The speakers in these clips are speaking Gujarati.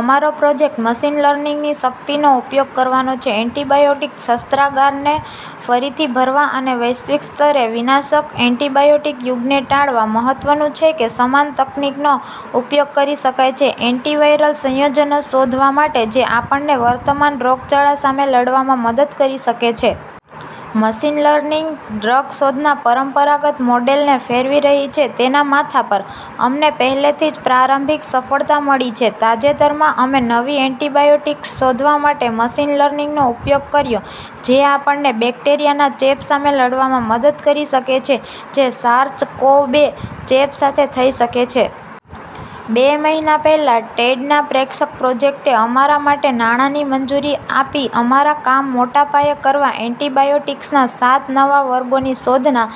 અમારો પ્રોજેક્ટ મશીન લર્નિંગની શક્તિનો ઉપયોગ કરવાનો છે એન્ટિબાયોટિક શસ્ત્રાગારને ફરીથી ભરવા અને વૈશ્વિક સ્તરે વિનાશક એન્ટીબાયોટીક યુગને ટાળવા. મહત્વનું છે કે, સમાન તકનીકનો ઉપયોગ કરી શકાય છે એન્ટિવાયરલ સંયોજનો શોધવા માટે જે આપણને વર્તમાન રોગચાળા સામે લડવામાં મદદ કરી શકે છે. મશીન લર્નિંગ ડ્રગ શોધના પરંપરાગત મોડેલને ફેરવી રહી છે તેના માથા પર. અમને પહેલેથી જ પ્રારંભિક સફળતા મળી છે. તાજેતરમાં, અમે નવી એન્ટિબાયોટિક્સ શોધવા માટે મશીન લર્નિંગનો ઉપયોગ કર્યો જે આપણને બેક્ટેરિયાના ચેપ સામે લડવામાં મદદ કરી શકે છે જે સાર્સ-કોવ-બે ચેપ સાથે થઈ શકે છે. બે મહિના પહેલા, ટેડના પ્રેક્ષક પ્રોજેક્ટે અમારા માટે નાણાંની મંજૂરી આપી અમારા કામ મોટા પાયે કરવા એન્ટિબાયોટિક્સના સાત નવા વર્ગોની શોધના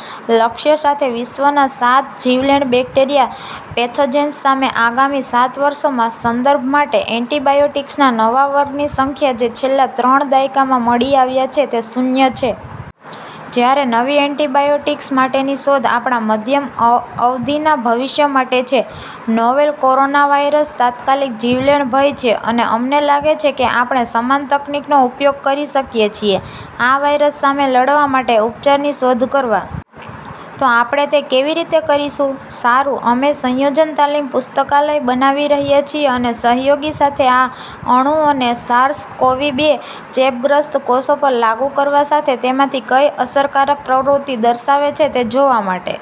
લક્ષ્ય સાથે વિશ્વના સાત જીવલેણ બેક્ટેરિયા પેથોજેન્સ સામે આગામી સાત વર્ષોમાં. સંદર્ભ માટે: એન્ટિબાયોટિક્સના નવા વર્ગની સંખ્યા જે છેલ્લા ત્રણ દાયકામાં મળી આવ્યા છે તે શૂન્ય છે. જ્યારે નવી એન્ટિબાયોટિક્સ માટેની શોધ આપણા મધ્યમ-અવધિના ભવિષ્ય માટે છે, નોવેલ કોરોનાવાયરસ તાત્કાલિક જીવલેણ ભય છે, અને અમને લાગે છે કે આપણે સમાન તકનીકનો ઉપયોગ કરી શકીએ છીએ આ વાયરસ સામે લડવા માટે ઉપચારની શોધ કરવા. તો આપણે તે કેવી રીતે કરીશું? સારું, અમે સંયોજન તાલીમ પુસ્તકાલય બનાવી રહ્યા છીએ અને સહયોગીઓ સાથે આ અણુઓને સાર્સ-કોવી-બે ચેપગ્રસ્ત કોષો પર લાગુ કરવા સાથે તેમાંથી કઈ અસરકારક પ્રવૃત્તિ દર્શાવે છે તે જોવા માટે.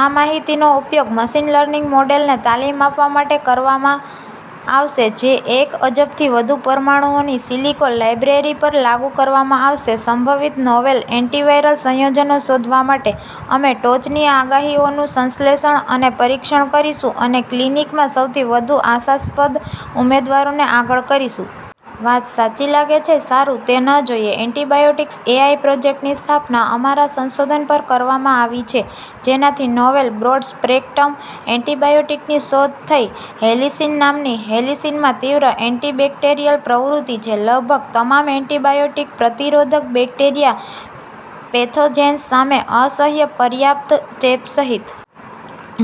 આ માહિતીનો ઉપયોગ મશીન લર્નિંગ મોડેલને તાલીમ આપવા માટે કરવામાં આવશે જે એક અબજથી વધુ પરમાણુઓની સિલિકો લાઇબ્રેરી પર લાગુ કરવામાં આવશે સંભવિત નોવેલ એન્ટિવાયરલ સંયોજનો શોધવા માટે. અમે ટોચની આગાહીઓનું સંશ્લેષણ અને પરીક્ષણ કરીશું અને ક્લિનિકમાં સૌથી વધુ આશાસ્પદ ઉમેદવારોને આગળ કરશું. વાત સાચી લાગે છે? સારું, તે ન જોઈએ. એન્ટિબાયોટિક્સ એઆઈ પ્રોજેક્ટની સ્થાપના અમારા સંશોધન પર કરવામાં આવી છે જેનાથી નોવેલ બ્રોડ-સ્પેક્ટ્રમ એન્ટીબાયોટીકની શોધ થઈ હેલિસિન નામની.. હેલિસિનમાં તીવ્ર એન્ટિબેક્ટેરિયલ પ્રવૃત્તિ છે લગભગ તમામ એન્ટીબાયોટીક-પ્રતિરોધક બેક્ટેરિયા પેથોજેન્સ સામે, અસહ્ય પર્યાપ્ત ચેપ સહિત.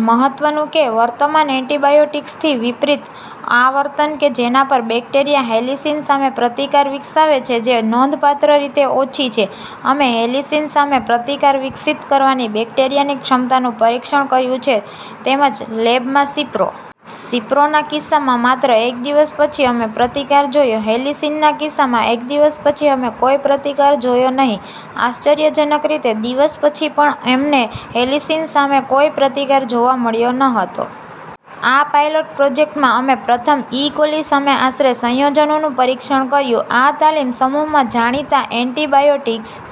મહત્વનું કે, વર્તમાન એન્ટીબાયોટીક્સથી વિપરીત, આવર્તન કે જેના પર બેક્ટેરિયા હેલિસિન સામે પ્રતિકાર વિકસાવે છે જે નોંધપાત્ર રીતે ઓછી છે. અમે હેલિસિન સામે પ્રતિકાર વિકસિત કરવાની બેક્ટેરિયાની ક્ષમતાનું પરીક્ષણ કર્યું છે તેમજ લેબમાં સિપ્રો. સિપ્રોના કિસ્સામાં, માત્ર એક દિવસ પછી, અમે પ્રતિકાર જોયો. હેલિસિનના કિસ્સામાં, એક દિવસ પછી, અમે કોઈ પ્રતિકાર જોયો નહીં. આશ્ચર્યજનક રીતે, દિવસ પછી પણ, અમને હેલિસિન સામે કોઈ પ્રતિકાર જોવા મળ્યો ન હતો. આ પાયલોટ પ્રોજેક્ટમાં, અમે પ્રથમ ઇ કોલી સામે આશરે સંયોજનોનું પરીક્ષણ કર્યું. આ તાલીમ સમૂહમાં જાણીતા એન્ટીબાયોટીક્સ,